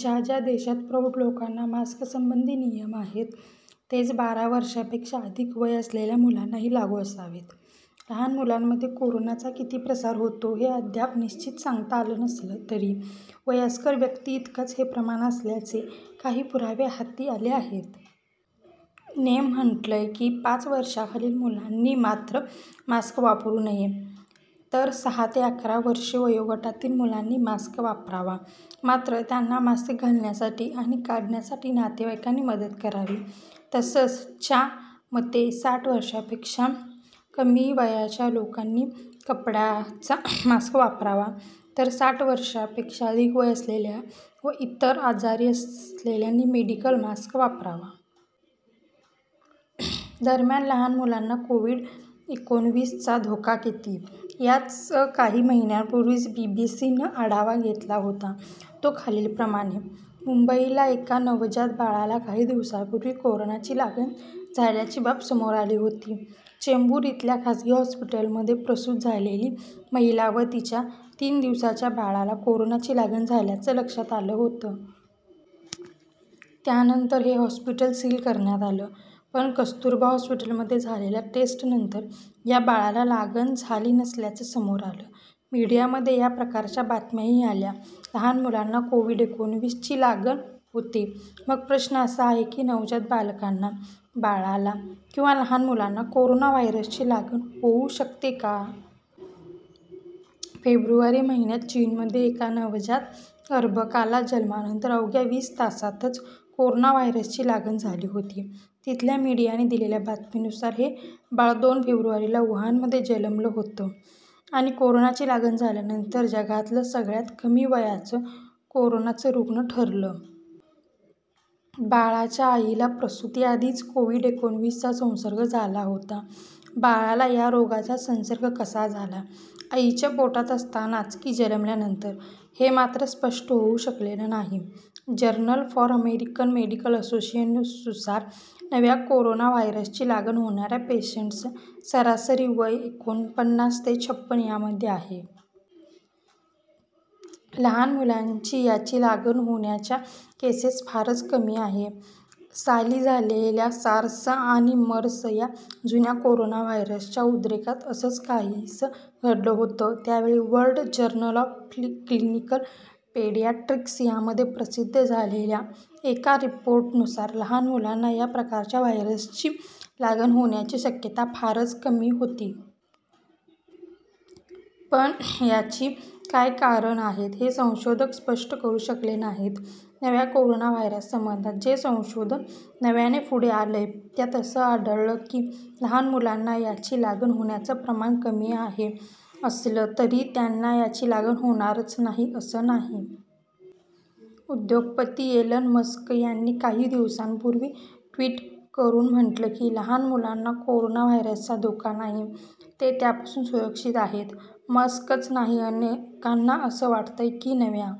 ज्या ज्या देशात प्रौढ लोकांना मास्कसंबंधी नियम आहेत, तेच बारा वर्षांपेक्षा अधिक वय असलेल्या मुलांनाही लागू असावेत. लहान मुलांमध्ये कोरोनाचा किती प्रसार होतो हे अद्याप निश्चित सांगता आलं नसलं तरी वयस्कर व्यक्तींइतकंच हे प्रमाण असल्याचे काही पुरावे हाती आले आहेत. ने म्हटलंय की पाच वर्षांखालील मुलांनी मात्र मास्क वापरू नये. तर सहा ते अकरा वर्षे वयोगटातील मुलांनी मास्क वापरावा, मात्र त्यांना मास्क घालण्यासाठी आणि काढण्यासाठी नातेवाईकांनी मदत करावी. तसंच, च्या मते साठ वर्षांपेक्षा कमी वयाच्या लोकांनी कपड्याचा मास्क वापरावा तर साठ वर्षांपेक्षा अधिक वय असलेल्या किंवा इतर आजार असलेल्यांनी मेडिकल मास्क वापरावा. दरम्यान लहान मुलांना कोव्हिड-एकोणविस चा धोका किती? याचा काही महिन्यांपूर्वीच बीबीसीनं आढावा घेतला होता, तो खालीलप्रमाणे मुंबईल्या एका नवजात बाळाला काही दिवसांपूर्वी कोरोनाची लागण झाल्याची बाब समोर आली होती. चेंबूर इथल्या खासगी हॉस्पिटलमध्ये प्रसूत झालेली महिला आणि तिच्या तीन दिवसांच्या बाळाला कोरोनाची लागण झाल्याचं लक्षात आलं होतं. त्यानंतर हे हॉस्पिटल सील करण्यात आलं. पण कस्तुरबा हॉस्पिटलमध्ये झालेल्या टेस्ट नंतर या बाळाला लागण झाली नसल्याचं समोर आलं. मीडियामध्ये या प्रकारच्या बातम्याही आल्या. लहान मुलांना कोव्हिड-एकोणविस ची लागण होते? मग प्रश्न असा आहे की नवजात बालकांना, बाळांना किंवा लहान मुलांना कोरोना व्हायरसची लागण होऊ शकते का? फेब्रुवारी महिन्यात चीनमध्ये एका नवजात अर्भकाला जन्मानंतर अवघ्या वीस तासातच कोरोना व्हायरसची लागण झाली होती. तिथल्या मीडियाने दिलेल्या बातम्यांनुसार हे बाळ दोन फेब्रुवारीला वुहानमध्ये जन्मलं होतं आणि कोरोनाची लागण झाल्यानंतर जगातलं सगळ्यात कमी वयाचं कोरोनाचं रूग्ण ठरलं. बाळाच्या आईला प्रसुतीआधीच कोविड-एकोणविस चा संसर्ग झाला होता. बाळाला या रोगाचा संसर्ग कसा झाला, आईच्या पोटात असतानाच की जन्मल्यानंतर हे मात्र स्पष्ट होऊ शकलेलं नाही. जर्नल फॉर अमेरिकन मेडिकल असोसिएशननुसार नव्या कोरोना व्हायरसची लागण होणाऱ्या पेशंट्सचं सरासरी वय एकोणपन्नास ते छपण यामध्ये आहे. लहान मुलांना याची लागण होण्याच्या केसेस फारच कमी आहे. साली झालेल्या सार्स आणि मर्स या जुन्या कोरोना व्हायरसच्या उद्रेकात असंच काहीसं घडलं होतं. त्यावेळी World Journal of Clinical Pediatrics यामध्ये प्रसिद्ध झालेल्या एका रिपोर्टनुसार लहान मुलांना या प्रकारच्या व्हायरसची लागण होण्याची शक्यता फारच कमी होती. पण याची काय कारणं आहेत हे संशोधक स्पष्ट करू शकले नाहीत. नव्या कोरोना व्हायरससंबंधात जे संशोधन नव्याने पुढे आलंय त्यात असं आढळलं की लहान मुलांना याची लागण होण्याचं प्रमाण कमी आहे असलं तरी त्यांना याची लागण होणारच नाही असं नाही. उद्योगपती एलन मस्क यांनी काही दिवसांपूर्वी ट्वीट करून म्हटलं की, लहान मुलांना कोरोना व्हायरसचा धोका नाही, ते त्यापासून सुरक्षित आहेत. मस्कच नाही, अनेकांना असं वाटतंय की नव्या